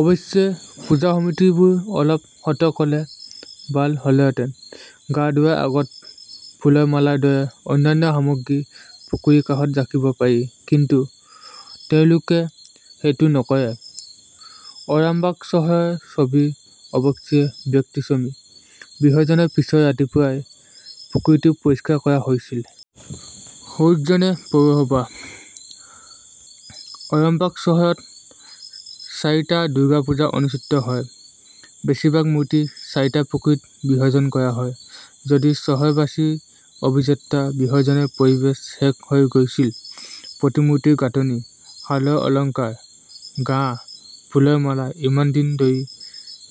অৱশ্যে, পূজা সমিতিবোৰ অলপ সতৰ্ক হ'লে ভাল হ'লহেঁতেন। গা ধোৱাৰ আগতে ফুলৰ মালাৰ দৰে অন্যান্য সামগ্ৰী পুখুৰীৰ কাষত ৰাখিব পাৰি। কিন্তু তেওঁলোকে সেইটো নকৰে। অৰামবাগ চহৰৰ ছবি অৱশ্যে ব্যতিক্ৰমী। বিসৰ্জনৰ পিছৰ ৰাতিপুৱাই পুখুৰীটো পৰিষ্কাৰ কৰা হৈছিল। সৌজন্যে পৌৰসভা। আৰামবাগ চহৰত চাৰিটা দুৰ্গা পূজা অনুষ্ঠিত হয়। বেছিভাগ মূৰ্তি চাৰিটা পুখুৰীত বিসৰ্জন কৰা হয়। যদিও চহৰবাসীৰ অভিজ্ঞতা, বিসৰ্জনৰ পৰিৱেশ শেষ হৈ গৈছিল, প্ৰতিমূৰ্তিৰ গাঁথনি, শালৰ অলংকাৰ, ঘাঁহ, ফুলৰ মালা ইমান দিন ধৰি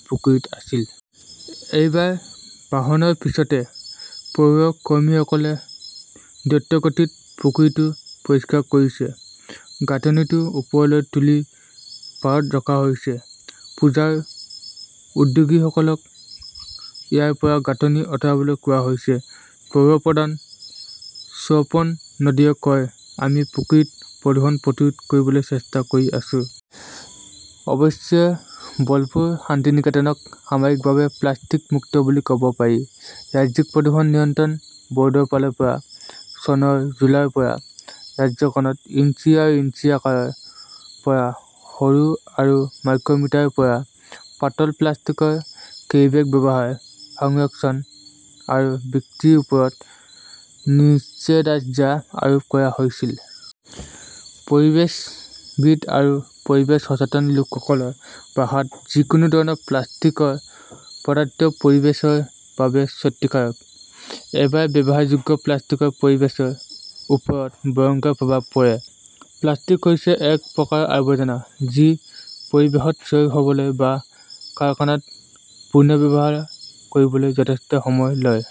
পুখুৰীত আছিল। এইবাৰ ভাসনৰ পিছতে পৌৰ কৰ্মীসকলে দ্ৰুতগতিত পুখুৰীটো পৰিষ্কাৰ কৰিছে। গাঁথনিটো ওপৰলৈ তুলি পাৰত ৰখা হৈছে। পূজা উদ্যোগীসকলক ইয়াৰ পৰা গাঁথনি আতৰাবলৈ কোৱা হৈছে। পৌৰ প্ৰধান স্বপন নন্দীয়ে কয়, আমি পুখুৰীত প্ৰদূষণ প্ৰতিৰোধ কৰিবলৈ চেষ্টা কৰি আছো। অৱশ্যে, বলপুৰ শান্তিনিকেতনক সাময়িকভাৱে প্লাষ্টিক-মুক্ত বুলি কব পাৰি। ৰাজ্যিক প্ৰদূষণ নিয়ন্ত্ৰণ বৰ্ডৰ ফালৰ পৰা, চনৰ জুনৰ পৰা ৰাজ্যখনত ইঞ্চি আৰু ইঞ্চি আকাৰৰ পৰা সৰু আৰু মাইক্ৰ'মিটাৰৰ পৰা পাতল প্লাষ্টিকৰ কেৰিবেগ ব্যৱহাৰ, সংৰক্ষণ আৰু বিক্ৰীৰ ওপৰত নিষেধাজ্ঞা আৰোপ কৰা হৈছিল। পৰিৱেশবিদ আৰু পৰিৱেশ সচেতন লোকসকলৰ ভাষাত, যিকোনো ধৰণৰ প্লাষ্টিকৰ পদাৰ্থ পৰিৱেশৰ বাবে ক্ষতিকাৰক। এবাৰ ব্যৱহাৰযোগ্য প্লাষ্টিকৰ পৰিৱেশৰ ওপৰত ভয়ংকৰ প্ৰভাৱ পৰে। প্লাষ্টিক হৈছে এক প্ৰকাৰৰ আৱৰ্জনা যি পৰিৱেশত ক্ষয় হ 'বলৈ বা কাৰখানাত পুনৰ্ব্যৱহাৰ কৰিবলৈ যথেষ্ট সময় লয়।